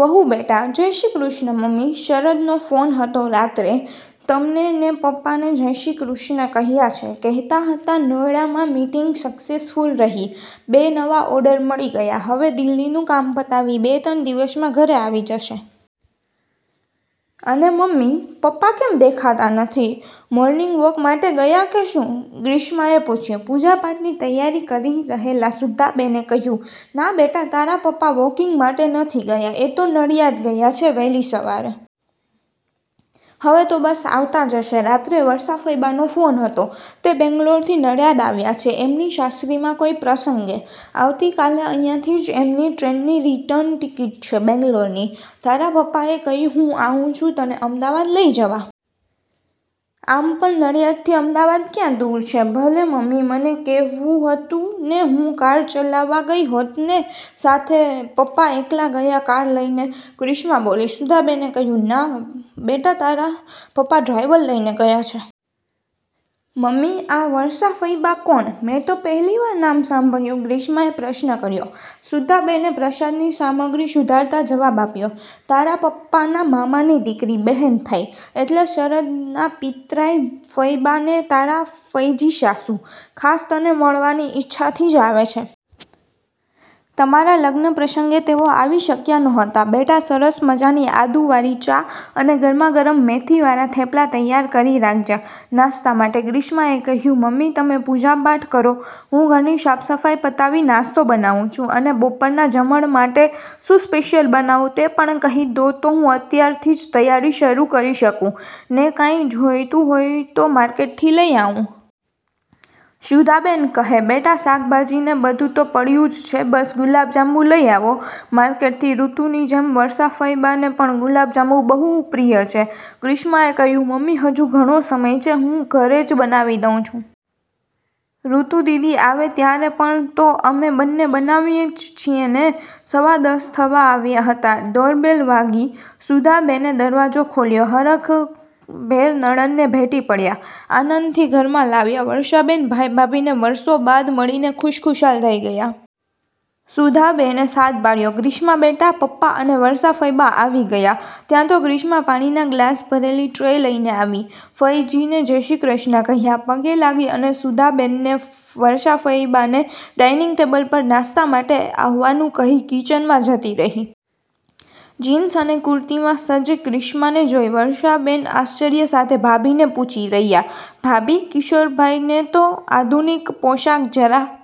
વહુબેટા; "જય શ્રી કૃષ્ણ મમ્મી, શરદનો ફોન હતો રાત્રે, તમને ને પપ્પાને જય શ્રી કૃષ્ણ કહ્યાં છે. કહેતા હતા નોઇડામા મિટીંગ સક્સેસફૂલ રહી. બે નવા ઓર્ડર મળી ગયા, હવે દિલ્હીનું કામ પતાવી બે ત્રણ દિવસમાં ઘરે આવી જશે. અને મમ્મી, પપ્પા કેમ દેખાતા નથી? મોર્નિંગવોક માટે ગયા કે શું?" ગ્રીષ્માએ પુછ્યું. પુજાપાઠની તૈયારી કરી રહેલા સુધાબેને કહ્યું,"ના બેટા તારા પપ્પા વોકિંગ માટે નથી ગયા, એ તો નડિયાદ ગયા છે વહેલી સવારે. હવે તો બસ આવતા જ હશે. રાત્રે વર્ષા ફઇબાનો ફોન હતો. તે બેંગ્લોરથી નડિયાદ આવ્યા છે. એમની સાસરીમા કોઇ પ્રસંગે, આવતી કાલે અહીંયાથી જ એમની ટ્રેનની રીટર્ન ટિકિટ છે બેંગ્લોરની. તારા પપ્પાએ કહ્યું હું આવું છું તને અમદાવાદ લઈ જવા. આમ પણ નડિયાદ થી અમદાવાદ ક્યાં દુર છે?" "ભલે મમ્મી મને કહેવું હતું ને હું કાર ચલાવા ગઇ હોતને સાથે, પપ્પા એકલા ગયા કાર લઈને?" ગ્રીષ્મા બોલી. સુધાબેને કહ્યું,"ના બેટા તારા પપ્પા ડ્રાઇવર લઇને ગયા છે." "મમ્મી આ વર્ષા ફઇબા કોણ? મેં તો પહેલીવાર નામ સાંભળ્યુ." ગ્રીષ્માએ પ્રશ્ન કર્યો. સુધાબેને પ્રસાદની સામગ્રી સુધારતા જવાબ આપ્યો, "તારા પપ્પાના મામાની દીકરી, બહેન થાય. એટલે શરદના પિતરાઈ ફઇબા ને તારા ફઇજી સાસુ, ખાસ તને મળવાની ઇચ્છાથી જ આવે છે. તમારા લગ્નપ્રસંગે તેઓ આવી શક્યા નહોતા. બેટા સરસ મજાની આદુવાળી ચા અને ગરમાગરમ મેથીવાળા થેપલા તૈયાર કરી રાખજે નાસ્તા માટે." ગ્રીષ્મા એ કહ્યુ,"મમ્મી તમે પુજાપાઠ કરો, હું ઘરની સાફસફાઈ પતાવી નાસ્તો બનાવું છું, અને બપોરના જમણ માટે શું સ્પેશિયલ બનાવું તે પણ કહી દો તો હું અત્યારથી તૈયારી શરૂ કરી શકું, ને કાંઈ જોઇતું કરતું હોય તો માર્કેટથી લઇ આવું." સુધાબેન કહે,"બેટા શાકભાજી ને બધું તો પડ્યું જ છે. બસ ગુલાબજાંબુ લઇ આવો માર્કેટથી, ૠતુની જેમ વર્ષાફઇબાને પણ ગુલાબજાંબુ બહુ પ્રિય છે." ગ્રીષ્માએ કહ્યુ,"મમ્મી હજુ ઘણો સમય છે. હું ઘરે જ બનાવી દઉં છું. ૠતુદીદી આવે ત્યારે પણ તો અમે બંને બનાવીએ જ છીએને." સવા દશ થવા આવ્યા હતા, ડોરબેલ વાગી. સુધાબેને દરવાજો ખોલ્યો, હરખભેર નણંદને ભેટી પડ્યા. આનંદથી ઘરમાં લાવ્યા. વર્ષાબેન ભાઈ-ભાભીને વરસો બાદ મળીને ખુશખુશાલ થઈ ગયા. સુધાબેને સાદ પાડ્યો,"ગ્રીષ્માબેટા, પપ્પા અને વર્ષાફઇબા આવી ગયા." ત્યાં તો ગ્રીષ્મા પાણીના ગ્લાસ ભરેલી ટ્રે લઇને આવી, ફઇજીને 'જયશ્રીકૃષ્ણ' કહ્યા, પગે લાગી અને સુધાબેનને, વર્ષાફઇબાને ડાઇનિંગ ટેબલ પર નાસ્તા માટે આવવાનું કહી કિચનમા જતી રહી. જીન્સ અને કુર્તીમા સજજ ગ્રીષ્માને જોઈ વર્ષાબેન આશ્ચર્ય સાથે ભાભીને પુછી રહ્યા,"ભાભી કિશોરભાઈને તો આધુનિક પોશાક જરા